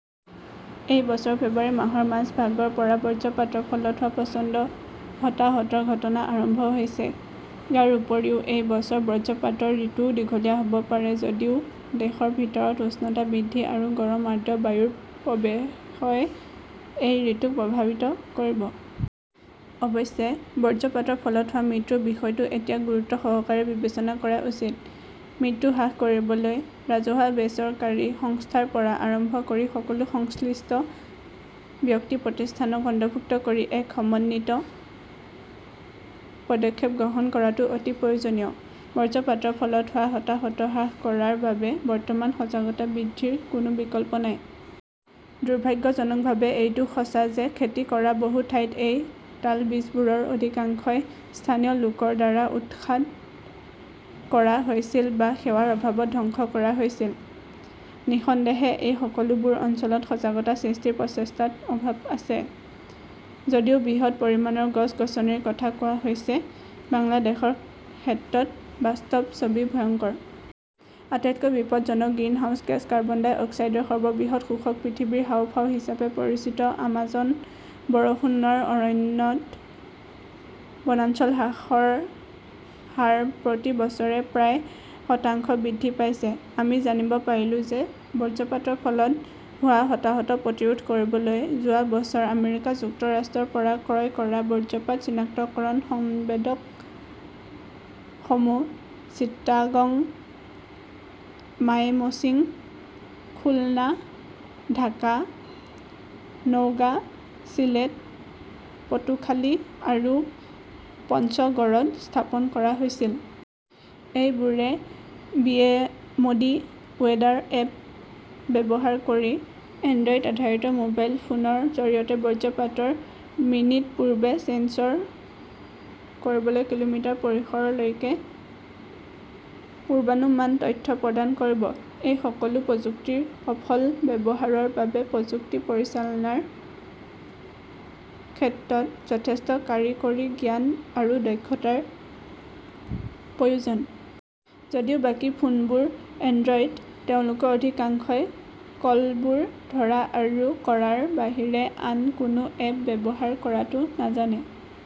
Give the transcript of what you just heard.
এই বছৰৰ ফেব্ৰুৱাৰী মাহৰ মাজভাগৰ পৰা বজ্ৰপাতৰ ফলত হোৱা প্ৰচণ্ড হতাহতৰ ঘটনা আৰম্ভ হৈছে। ইয়াৰ উপৰিও, এই বছৰ বজ্ৰপাতৰ ঋতুও দীঘলীয়া হ'ব পাৰে যদিও দেশৰ ভিতৰত উষ্ণতা বৃদ্ধি আৰু গৰম আৰ্দ্ৰ বায়ুৰ প্ৰৱেশই এই ঋতুক প্ৰভাৱিত কৰিব। অৱশ্যে, বজ্ৰপাতৰ ফলত হোৱা মৃত্যুৰ বিষয়টো এতিয়া গুৰুত্বসহকাৰে বিবেচনা কৰা উচিত। মৃত্যু হ্ৰাস কৰিবলৈ ৰাজহুৱা-বেচৰকাৰী সংস্থাৰ পৰা আৰম্ভ কৰি সকলো সংশ্লিষ্ট ব্যক্তি-প্ৰতিষ্ঠানক অন্তৰ্ভুক্ত কৰি এক সমন্বিত পদক্ষেপ গ্ৰহণ কৰাটো অতি প্ৰয়োজনীয়। বজ্ৰপাতৰ ফলত হোৱা হতাহত হ্ৰাস কৰাৰ বাবে বৰ্তমান সজাগতা বৃদ্ধিৰ কোনো বিকল্প নাই। দুৰ্ভাগ্যজনকভাৱে এইটো সঁচা যে খেতি কৰা বহু ঠাইত এই তালবীজবোৰৰ অধিকাংশই স্থানীয় লোকৰ দ্বাৰা উৎখাত কৰা হৈছিল বা সেৱাৰ অভাৱত ধ্বংস কৰা হৈছিল। নিঃসন্দেহে এই সকলোবোৰ অঞ্চলত সজাগতা সৃষ্টিৰ প্ৰচেষ্টাত অভাৱ আছে। যদিও বৃহৎ পৰিমাণৰ গছ-গছনিৰ কথা কোৱা হৈছে, বাংলাদেশৰ ক্ষেত্ৰত বাস্তৱ ছবি ভয়ংকৰ। আটাইতকৈ বিপদজনক গ্ৰিনহাউজ গেছ কাৰ্বন-ডাই অক্সাইডৰ সৰ্ববৃহৎ শোষক পৃথিৱীৰ হাঁওফাঁও হিচাপে পৰিচিত আমাজন বৰষুণৰ অৰণ্যত বনাঞ্চল হ্ৰাসৰ হাৰ প্ৰতি বছৰে প্ৰায় শতাংশ বৃদ্ধি পাইছে। আমি জানিব পাৰিলো যে বজ্ৰপাতৰ ফলত হোৱা হতাহত প্ৰতিৰোধ কৰিবলৈ যোৱা বছৰ আমেৰিকা যুক্তৰাষ্ট্ৰৰ পৰা ক্ৰয় কৰা বজ্ৰপাত চিনাক্তকৰণ সংবেদকসমূহ চিটাগং, মাইমশ্বিং, খুলনা, ঢাকা, নওগাঁ, চিলেট, পটুখালি আৰু পঞ্চগড়ত স্থাপন কৰা হৈছিল। এইবোৰে বিএমডি ৱেদাৰ এপ ব্যৱহাৰ কৰি এণ্ড্ৰইড-আধাৰিত মোবাইল ফোনৰ জৰিয়তে বজ্ৰপাতৰ মিনিট পূৰ্বে ছেন্সৰ কৰিবলৈ কিলোমিটাৰ পৰিসৰলৈকে পূৰ্বানুমান তথ্য প্ৰদান কৰিব। এই সকলো প্ৰযুক্তিৰ সফল ব্যৱহাৰৰ বাবে প্ৰযুক্তি পৰিচালনাৰ ক্ষেত্ৰত যথেষ্ট কাৰিকৰী জ্ঞান আৰু দক্ষতাৰ প্ৰয়োজন। যদিও বাকী ফোনবোৰ এণ্ড্ৰইড, তেওঁলোকৰ অধিকাংশই কলবোৰ ধৰা আৰু কৰাৰ বাহিৰে আন কোনো এপ ব্যৱহাৰ কৰাটো নাজানে।